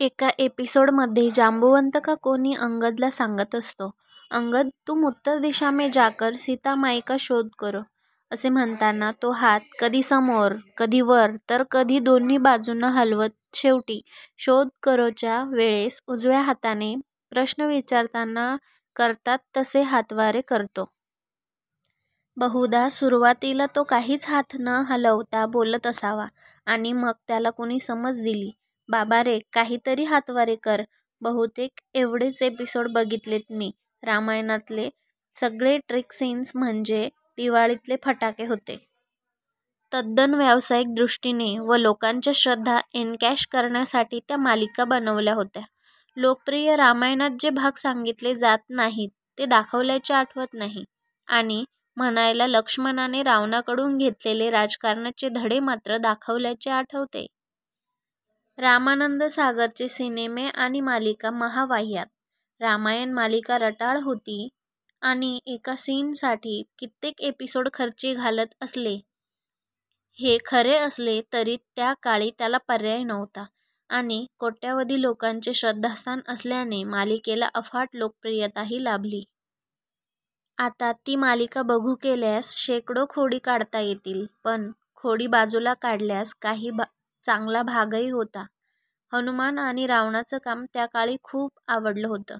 एका एपीसोड मध्ये जांबुवंत का कोणी अंगदला सांगत असतो "अंगद, तुम उत्तर दिशामे जाकर सीता माई का शोध करो. " असे म्हणताना तो हात कधी समोर, कधी वर तर कधी दोन्ही बाजूंना हलवत शेवटी "शोध करो" च्या वेळेस उजव्या हाताने, प्रश्न विचारताना करतात तसे हातवारे करतो. बहुधा सुरवातीला तो काहीच हात न हलवता बोलत असावा आणि मग त्याला कुणी समज दिली बाबा रे काही तरी हातवारे कर. बहुतेक एवढेच एपिसोड बघितलेत मी. रामायणातले सगळे ट्रिक सीन्स म्हणजे दिवाळीतले फटाके होते.. तद्दन व्यावसायिक दृष्टीने व लोकांच्या श्रद्धा एनकॅश करण्यासाठी त्या मालिका बनवल्या होत्या. लोकप्रिय रामायणात जे भाग सांगितले जात नाहीत ते दाखवल्याचे आठवत नाही. नाही म्हणायला लक्ष्मणाने रावणाकडून घेतलेले राजकारणाचे धडे मात्र दाखवल्याचे आठवतेय. रामानन्द सागरचे सिनेमे आणि मालिका महावाह्यात. रामायण मालिका रटाळ होती आणि एका सीनसाठी कित्येक एपिसोड खर्ची घालत असले हे खरे असले तरी त्याकाळी त्याला पर्याय नव्हता आणि कोट्यावधी लोकांचे श्रध्दास्थान असल्याने मालिकेला अफाट लोकप्रियताही लाभली. आता ती मालिका बघू गेल्यास शेकडो खोडी काढता येतील. पण खोडी बाजूला काढल्यास काही चांगला भागही होता. हनुमान आणि रावणाचं काम त्याकाळी खूप आवडलं होतं.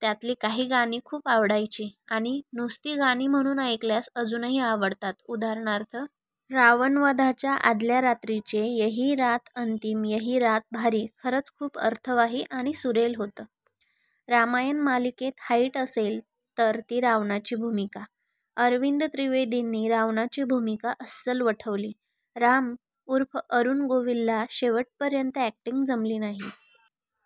त्यातली काही गाणी खूप आवडायची आणि नुसती गाणी म्हणून ऐकल्यास अजूनही आवडतात, उदा. रावणवधाच्या आदल्या रात्रीचे 'यही रात अंतिम यही रात भारी' खरंच खूप अर्थवाही आणि सुरेल होतं. रामायण मालिकेत हाईट असेल तर ती रावणाची भूमिका. अरविंद त्रिवेंदींनी रावणाची भूमिका अस्सल वठवली. राम उर्फ अरुण गोविलला शेवटपर्यंत अॅक्टिंग जमली नाही.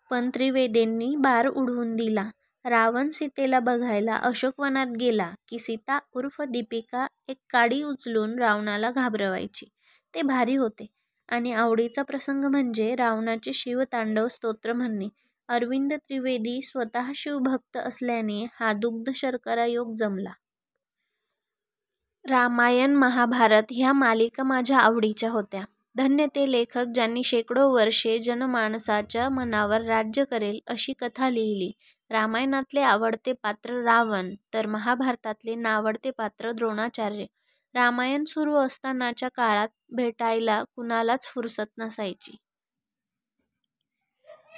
पण त्रिवेदींनी बार उडवुन दिला. रावण सीतेला बघायला अशोक वनात गेला की सीता उर्फ दिपीका एक काडी उचलुन रावणाला घाबरवायची ते भारी होते. आणी आवडीचा प्रसंग म्हणजे रावणाचे शिवतांडव स्तोत्र म्हणणे. अरविंद त्रिवेदी स्वतः शिव भक्त असल्याने हा दुग्ध-शर्करा योग जमला. रामायण, महाभारत ह्या मालिका माझ्या आवडीच्या होत्या. धन्य ते लेखक ज्यांनी शेकडो वर्षे जनमानसाच्या मनावर राज्य करेल अशी कथा लिहली. रामायणातले आवडते पात्र रावण तर महाभारतातले नावडते पात्र द्रोणाचार्य. रामायण सुरु असतानाच्या काळात भेटायला कुणालाच फुरसत नसायची.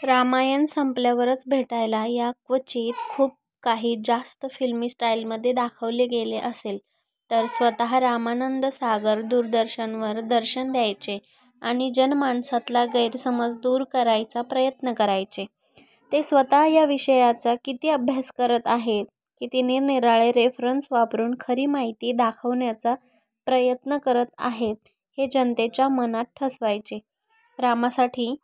रामायण सम्पल्यावरच भेटायला याक्वचित खुप काही 'जास्त' फिल्मी स्टाईलमधे दाखवले गेले असेल तर स्वत: रामानन्द सागर दुरदर्शनवर दर्शन द्यायचे आणि जनमानसातला गैरसमज दुर करायचा प्रयत्न करायचे. ते स्वत: या विषयाचा किती अभ्यास करर आहेत, किती निर-निराळे रेफरन्स वापरुन खरी माहिती दाखवण्याचा प्रयत्न करत आहेत हे जनतेच्या मनात ठसवायचे. रामासाठी